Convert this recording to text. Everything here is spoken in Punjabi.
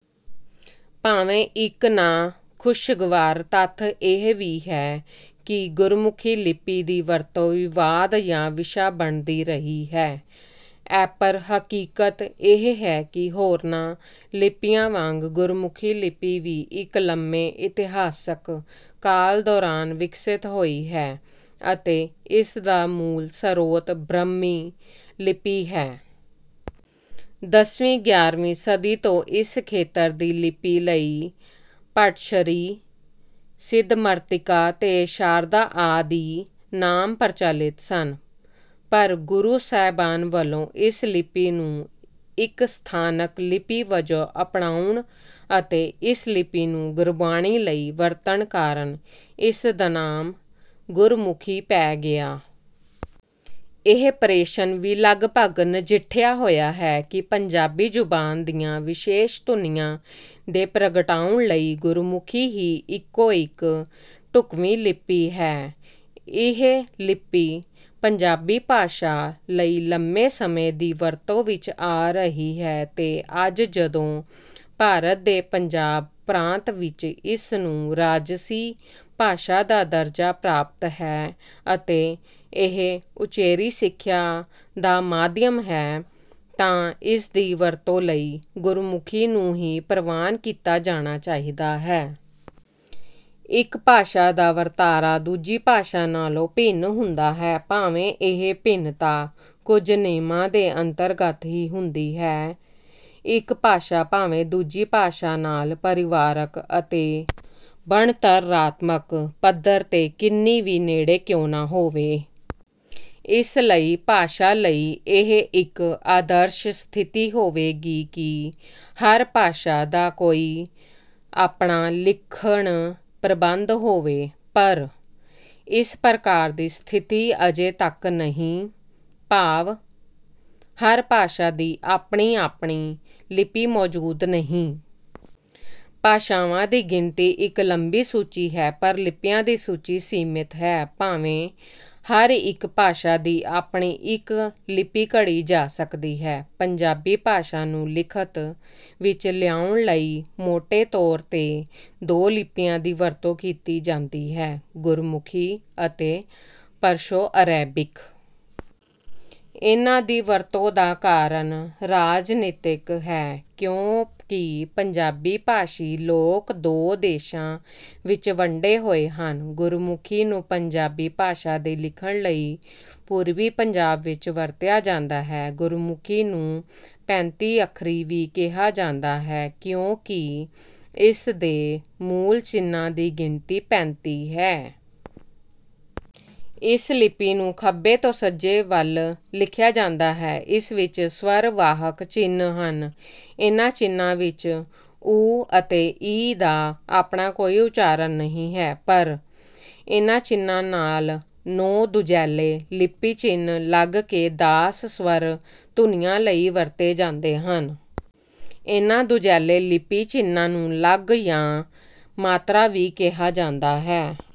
ਭਾਵੇਂ ਇੱਕ ਨਾ-ਖ਼ੁਸ਼ਗਵਾਰ ਤੱਥ ਇਹ ਵੀ ਹੈ ਕਿ ਗੁਰਮੁਖੀ ਲਿਪੀ ਦੀ ਵਰਤੋਂ ਵਿਵਾਦ ਯਾਂ ਵਿਸ਼ਾ ਬਣਦੀ ਰਹੀ ਹੈ, ਐਪਰ ਹਕੀਕਤ ਇਹ ਹੈ ਕਿ ਹੋਰਨਾਂ ਲਿਪੀਆਂ ਵਾਂਗ ਗੁਰਮੁਖੀ ਲਿਪੀ ਵੀ ਇੱਕ ਲੰਮੇ ਇਤਿਹਾਸਿਕ ਕਾਲ ਦੌਰਾਨ ਵਿਕਸਿਤ ਹੋਈ ਹੈ, ਅਤੇ ਇਸ ਦਾ ਮੂਲ ਸਰੋਤ ਬ੍ਰਹਮੀ ਲਿਪੀ ਹੈ। ਦਸਵੀਂ- ਗਿਆਰਵੀਂ ਸਦੀ ਤੋਂ ਇਸ ਖੇਤਰ ਦੀ ਲਿਪੀ ਲਈ ਭੱਟਛਰੀ, ਸਿੱਧ ਮਾਤ੍ਰਿਕਾ ਤੇ ਸ਼ਾਰਦਾ ਆਦਿ ਨਾਮ ਪ੍ਰਚਲਿਤ ਸਨ, ਪਰ ਗੁਰੂ ਸਾਹਿਬਾਨ ਵੱਲੋਂ ਇਸ ਲਿਪੀ ਨੂੰ ਇੱਕ ਸਥਾਨਕ ਲਿਪੀ ਵਜੋਂ ਅਪਣਾਉਣ ਅਤੇ ਇਸ ਲਿਪੀ ਨੂੰ ਗੁਰਬਾਣੀ ਲਈ ਵਰਤਣ ਕਾਰਨ, ਇਸ ਦਾ ਨਾਮ ਗੁਰਮੁਖੀ ਪੈ ਗਿਆ। ਇਹ ਪ੍ਰਸ਼ਨ ਵੀ ਲਗਪਗ ਨਜਿੱਠਿਆ ਹੋਇਆ ਹੈ ਕਿ ਪੰਜਾਬੀ ਜ਼ੁਬਾਨ ਦੀਆਂ ਵਿਸ਼ੇਸ਼ ਧੁਨੀਆਂ ਦੇ ਪ੍ਰਗਟਾਉਣ ਲਈ ਗੁਰਮੁਖੀ ਹੀ ਇੱਕੋ-ਇੱਕ ਢੁੱਕਵੀਂ ਲਿਪੀ ਹੈ। ਇਹ ਲਿਪੀ ਪੰਜਾਬੀ ਭਾਸ਼ਾ ਲਈ ਲੰਮੇ ਸਮੇਂ ਦੀ ਵਰਤੋਂ ਵਿੱਚ ਆ ਰਹੀ ਹੈ ਤੇ ਅੱਜ ਜਦੋਂ ਭਾਰਤ ਦੇ ਪੰਜਾਬ ਪ੍ਰਾਂਤ ਵਿੱਚ ਇਸ ਨੂੰ ਰਾਜਸੀ ਭਾਸ਼ਾ ਦਾ ਦਰਜਾ ਪ੍ਰਾਪਤ ਹੈ ਅਤੇ ਇਹ ਉਚੇਰੀ ਸਿੱਖਿਆ ਦਾ ਮਾਧਿਅਮ ਹੈ ਤਾਂ ਇਸਦੀ ਵਰਤੋਂ ਲਈ ਗੁਰਮੁਖੀ ਨੂੰ ਹੀ ਪ੍ਰਵਾਨ ਕੀਤਾ ਜਾਣਾ ਚਾਹੀਦਾ ਹੈ। ਇੱਕ ਭਾਸ਼ਾ ਦਾ ਵਰਤਾਰਾ ਦੂਜੀ ਭਾਸ਼ਾ ਨਾਲੋਂ ਭਿੰਨ ਹੁੰਦਾ ਹੈ। ਭਾਵੇਂ ਇਹ ਭਿੰਨਤਾ ਕੁਝ ਨਿਯਮਾਂ ਦੇ ਅੰਤਰਗਤ ਹੀ ਹੁੰਦੀ ਹੈ, ਇੱਕ ਭਾਸ਼ਾ ਭਾਵੇਂ ਦੂਜੀ ਭਾਸ਼ਾ ਨਾਲ ਪਰਿਵਾਰਕ ਅਤੇ ਬਣਤਰਾਤਮਕ ਪੱਧਰ 'ਤੇ ਕਿੰਨੀ ਵੀ ਨੇੜੇ ਕਿਉਂ ਨਾ ਹੋਵੇ। ਇਸ ਲਈ ਭਾਸ਼ਾ ਲਈ ਇਹ ਇੱਕ ਆਦਰਸ਼ਕ ਸਥਿਤੀ ਹੋਵੇਗੀ ਕਿ ਹਰ ਭਾਸ਼ਾ ਦਾ ਕੋਈ ਆਪਣਾ ਲਿਖਣ-ਪ੍ਰਬੰਧ ਹੋਵੇ, ਪਰ ਇਸ ਪ੍ਰਕਾਰ ਦੀ ਸਥਿਤੀ ਅਜੇ ਤੱਕ ਨਹੀਂ, ਭਾਵ, ਹਰ ਭਾਸ਼ਾ ਦੀ ਆਪਣੀ-ਆਪਣੀ ਲਿਪੀ ਮੌਜੂਦ ਨਹੀਂ। ਭਾਸ਼ਾਵਾਂ ਦੀ ਗਿਣਤੀ ਦੀ ਇੱਕ ਲੰਬੀ ਸੂਚੀ ਹੈ, ਪਰ ਲਿਪੀਆਂ ਦੀ ਸੂਚੀ ਸੀਮਤ ਹੈ। ਭਾਵੇਂ ਹਰ ਇੱਕ ਭਾਸ਼ਾ ਦੀ ਆਪਣੀ ਇੱਕ ਲਿਪੀ ਘੜੀ ਜਾ ਸਕਦੀ ਹੈ। ਪੰਜਾਬੀ ਭਾਸ਼ਾ ਨੂੰ ਲਿਖਤ ਵਿੱਚ ਲਿਆਉਣ ਲਈ ਮੋਟੇ ਤੌਰ 'ਤੇ ਦੋ ਲਿਪੀਆਂ ਦੀ ਵਰਤੋਂ ਕੀਤੀ ਜਾਂਦੀ ਹੈ: ਗੁਰਮੁਖੀ ਅਤੇ ਪਰਸ਼ੋ-ਅਰੈਬਿਕ। ਇਨ੍ਹਾਂ ਦੀ ਵਰਤੋਂ ਦਾ ਕਾਰਨ ਰਾਜਨੀਤਕ ਹੈ, ਕਿਉਂਕਿ ਪੰਜਾਬੀ ਭਾਸ਼ੀ ਲੋਕ ਦੋ ਦੇਸ਼ਾਂ ਵਿੱਚ ਵੰਡੇ ਹੋਏ ਹਨ। ਗੁਰਮੁਖੀ ਨੂੰ ਪੰਜਾਬੀ ਭਾਸ਼ਾ ਦੇ ਲਿਖਣ ਲਈ ਪੂਰਬੀ ਪੰਜਾਬ ਵਿੱਚ ਵਰਤਿਆ ਜਾਂਦਾ ਹੈ। ਗੁਰਮੁਖੀ ਨੂੰ ਪੈਂਤੀ ਅੱਖਰੀ ਵੀ ਕਿਹਾ ਜਾਂਦਾ ਹੈ, ਕਿਉਂਕਿ ਇਸ ਦੇ ਮੂਲ ਚਿੰਨ੍ਹਾਂ ਦੀ ਗਿਣਤੀ ਪੈਂਤੀ ਹੈ। ਇਸ ਲਿਪੀ ਨੂੰ ਖੱਬੇ ਤੋਂ ਸੱਜੇ ਵੱਲ ਲਿਖਿਆ ਜਾਂਦਾ ਹੈ। ਇਸ ਵਿੱਚ ਸ੍ਵਰ-ਵਾਹਕ ਚਿੰਨ੍ਹ ਹਨ। ਇਨ੍ਹਾਂ ਚਿੰਨ੍ਹਾਂ ਵਿੱਚ 'ੳ' ਅਤੇ 'ੲ' ਦਾ ਆਪਣਾ ਕੋਈ ਉਚਾਰਨ ਨਹੀਂ ਹੈ, ਪਰ ਇਨ੍ਹਾਂ ਚਿੰਨ੍ਹਾਂ ਨਾਲ ਨੌਂ ਦੂਜੈਲੇ ਲਿਪੀ ਚਿੰਨ੍ਹ ਲੱਗ ਕੇ ਦਾਸ ਸ੍ਵਰ ਧੁਨੀਆਂ ਲਈ ਵਰਤੇ ਜਾਂਦੇ ਹਨ। ਇਨ੍ਹਾਂ ਦੂਜੈਲੇ ਲਿਪੀ ਚਿੰਨ੍ਹਾਂ ਨੂੰ ਲਗ ਯਾਂ ਮਾਤਰਾ ਵੀ ਕਿਹਾ ਜਾਂਦਾ ਹੈ।